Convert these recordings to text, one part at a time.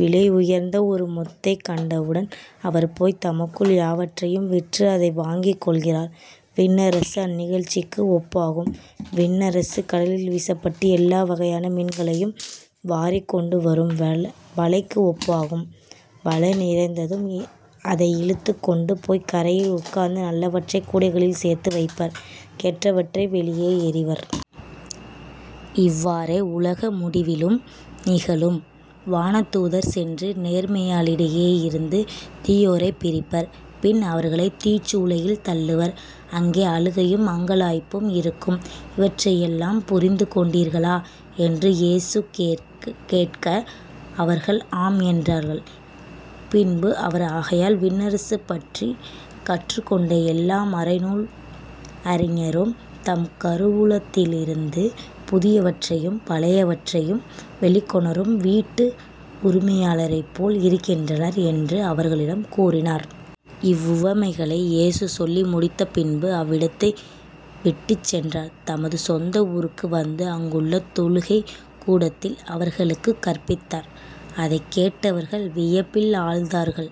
விலை உயர்ந்த ஒரு முத்தைக் கண்டவுடன் அவர் போய்த் தமக்குள் யாவற்றையும் விற்று அதை வாங்கிக்கொள்கிறார். விண்ணரசு அந்நிகழ்ச்சிக்கு ஒப்பாகும். விண்ணரசு கடலில் வீசப்பட்டு எல்லா வகையான மீன்களையும் வாரிக் கொண்டுவரும் வலைக்கு ஒப்பாகும். வலை நிறைந்ததும் அதை இழுத்துக்கொண்டு போய்க் கரையில் உட்கார்ந்து நல்லவற்றைக் கூடைகளில் சேர்த்து வைப்பர் கெட்டவற்றை வெளியே எறிவர். இவ்வாறே உலக முடிவிலும் நிகழும். வானதூதர் சென்று நேர்மையாளிடையேயிருந்து தீயோரைப் பிரிப்பர். பின் அவர்களைத் தீச்சூளையில் தள்ளுவர். அங்கே அழுகையும் அங்கலாய்ப்பும் இருக்கும். இவற்றையெல்லாம் புரிந்து கொண்டீர்களா? என்று இயேசு கேட்க, அவர்கள் ஆம் என்றார்கள். பின்பு அவர் ஆகையால் விண்ணரசு பற்றிக் கற்றுக்கொண்ட எல்லா மறைநூல் அறிஞரும் தம் கருவூலத்திலிருந்து புதியவற்றையும் பழையவற்றையும் வெளிக்கொணரும் வீட்டு உரிமையாளரைப்போல் இருக்கின்றனர் என்று அவர்களிடம் கூறினார். இவ்வுவமைகளை இயேசு சொல்லி முடித்த பின்பு அவ்விடத்தை விட்டுச் சென்றார். தமது சொந்த ஊருக்கு வந்து அங்குள்ள தொழுகைக் கூடத்தில் அவர்களுக்குக் கற்பித்தார். அதைக் கேட்டவர்கள் வியப்பில் ஆழ்ந்தார்கள்.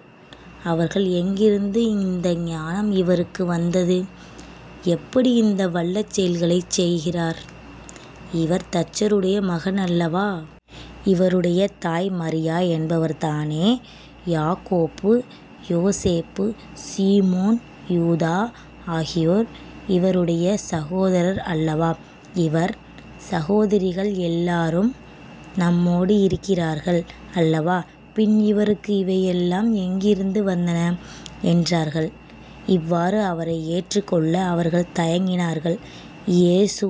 அவர்கள் எங்கிருந்து இந்த ஞானம் இவருக்கு வந்தது? எப்படி இந்த வல்ல செயல்களைச் செய்கிறார்? இவர் தச்சருடைய மகன் அல்லவா? இவருடைய தாய் மரியா என்பவர்தானே? யாக்கோப்பு யோசேப்பு சீமோன் யூதா ஆகியோர் இவருடைய சகோதரர் அல்லவா? இவர் சகோதரிகள் எல்லாரும் நம்மோடு இருக்கிறார்கள் அல்லவா? பின் இவருக்கு இவையெல்லாம் எங்கிருந்து வந்தன? என்றார்கள். இவ்வாறு அவரை ஏற்றுக்கொள்ள அவர்கள் தயங்கினார்கள். இயேசு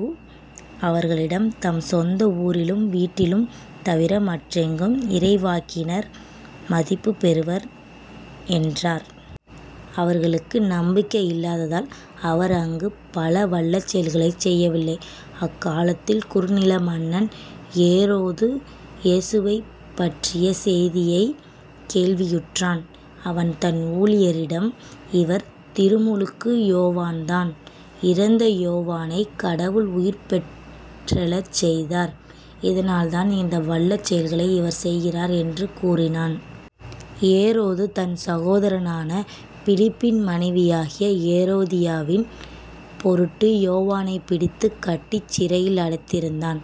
அவர்களிடம் தம் சொந்த ஊரிலும் வீட்டிலும் தவிர மற்றெங்கும் இறைவாக்கினர் மதிப்புப் பெறுவர் என்றார். அவர்களுக்கு நம்பிக்கை இல்லாததால் அவர் அங்குப் பல வல்ல செயல்களைச் செய்யவில்லை. அக்காலத்தில் குறுநில மன்னன் ஏரோது, இயேசுவைப்பற்றிய செய்தியைக் கேள்வியுற்றான். அவன் தன் ஊழியரிடம் இவர் திருமுழுக்கு யோவான்தான். இறந்த யோவானைக் கடவுள் உயிர்பெற்றெழச் செய்தார். இதனால்தான் இந்த வல்ல செயல்களை இவர் செய்கிறார் என்று கூறினான். ஏரோது தன் சகோதரனான பிலிப்பின் மனைவியாகிய ஏரோதியாவின் பொருட்டு யோவானைப் பிடித்துக் கட்டிச் சிறையில் அடைத்திருந்தான்.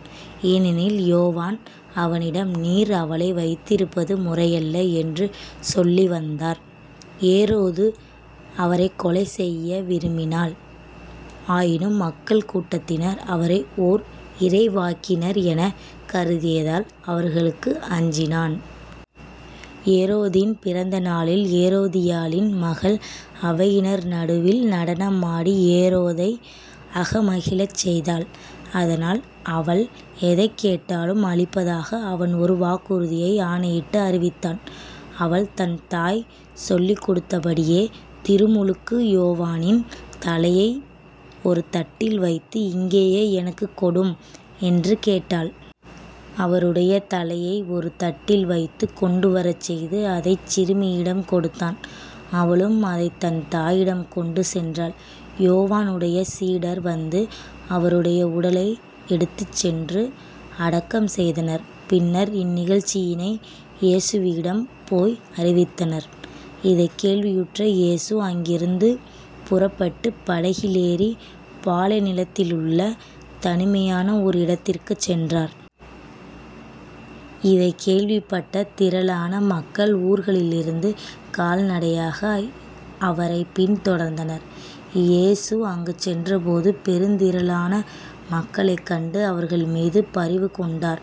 ஏனெனில் யோவான் அவனிடம் நீர் அவளை வைத்திருப்பது முறையல்ல என்று சொல்லிவந்தார். ஏரோது அவரைக் கொலைசெய்ய விரும்பினால் ஆயினும் மக்கள் கூட்டத்தினர் அவரை ஓர் இறைவாக்கினர் எனக் கருதியதால் அவர்களுக்கு அஞ்சினான். ஏரோதின் பிறந்த நாளில் ஏரோதியாளின் மகள் அவையினர் நடுவில் நடனம் ஆடி ஏரோதை அகமகிழச் செய்தாள். அதனால் அவள் எதைக் கேட்டாலும் அளிப்பதாக அவன் ஒரு வாக்குறுதியை ஆணையிட்டு அறிவித்தான். அவள் தன் தாய் சொல்லிக்கொடுத்தபடியே திருமுழுக்கு யோவானின் தலையை ஒரு தட்டில் வைத்து இங்கேயே எனக்குக் கொடும் என்று கேட்டாள். அவருடைய தலையை ஒரு தட்டில் வைத்துக் கொண்டுவரச் செய்து அதைச் சிறுமியிடம் கொடுத்தான். அவளும் அதைத் தன் தாயிடம் கொண்டு சென்றாள். யோவானுடைய சீடர் வந்து அவருடைய உடலை எடுத்துச் சென்று அடக்கம் செய்தனர் பின்னர் இந்நிகழ்ச்சியினை இயேசுவிடம் போய் அறிவித்தனர். இதைக் கேள்வியுற்ற இயேசு அங்கிருந்து புறப்பட்டுப் படகிலேறிப் பாலைநிலத்திலுள்ள தனிமையான ஓர் இடத்திற்குச் சென்றார். இதைக் கேள்விப்பட்ட திரளான மக்கள் ஊர்களிலிருந்து கால்நடையாக அவரைப் பின்தொடர்ந்தனர். இயேசு அங்குச் சென்றபோது பெருந்திரளான மக்களைக் கண்டு அவர்கள்மீது பரிவுகொண்டார்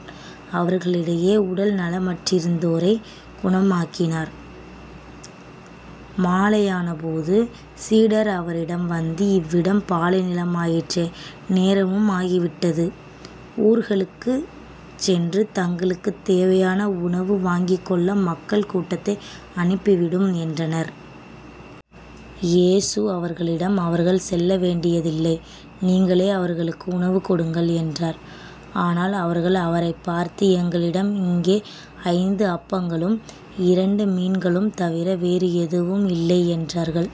அவர்களிடையே உடல் நலமற்றிருந்தோரைக் குணமாக்கினார். மாலையானபோது சீடர் அவரிடம் வந்து இவ்விடம் பாலைநிலம் ஆயிற்றே நேரமும் ஆகிவிட்டது. ஊர்களுக்குச் சென்று தங்களுக்குத் தேவையான உணவு வாங்கிக்கொள்ள மக்கள் கூட்டத்தை அனுப்பிவிடும் என்றனர். இயேசு அவர்களிடம் அவர்கள் செல்ல வேண்டியதில்லை நீங்களே அவர்களுக்கு உணவு கொடுங்கள் என்றார். ஆனால் அவர்கள் அவரைப் பார்த்து எங்களிடம் இங்கே ஐந்து அப்பங்களும் இரண்டு மீன்களும் தவிர வேறு எதுவும் இல்லை என்றார்கள்.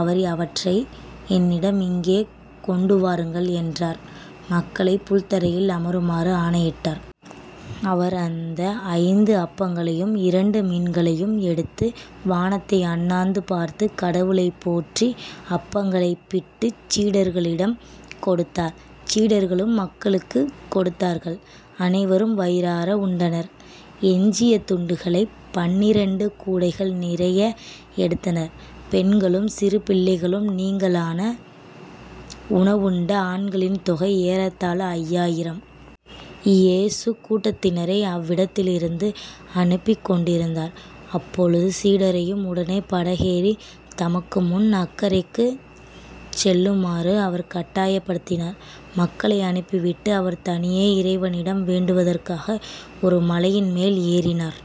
அவர் அவற்றை என்னிடம் இங்கே கொண்டு வாருங்கள் என்றார். மக்களைப் புல்தரையில் அமருமாறு ஆணையிட்டார். அவர் அந்த ஐந்து அப்பங்களையும் இரண்டு மீன்களையும் எடுத்து, வானத்தை அண்ணாந்து பார்த்து, கடவுளைப் போற்றி அப்பங்களைப் பிட்டுச் சீடர்களிடம் கொடுத்தார். சீடர்களும் மக்களுக்குக் கொடுத்தார்கள். அனைவரும் வயிறார உண்டனர். எஞ்சிய துண்டுகளைப் பன்னிரண்டு கூடைகள் நிறைய எடுத்தனர். பெண்களும் சிறு பிள்ளைகளும் நீங்கலான உணவுண்ட ஆண்களின் தொகை ஏறத்தாழ ஐயாயிரம். இயேசு கூட்டத்தினரை அவ்விடத்திலிருந்து அனுப்பிக் கொண்டிருந்தார். அப்பொழுது சீடரையும் உடனே படகேறித் தமக்குமுன் அக்கரைக்குச் செல்லுமாறு அவர் கட்டாயப் படுத்தினார். மக்களை அனுப்பிவிட்டு, அவர் தனியே இறைவனிடம் வேண்டுவதற்காக ஒரு மலையின்மேல் ஏறினார்.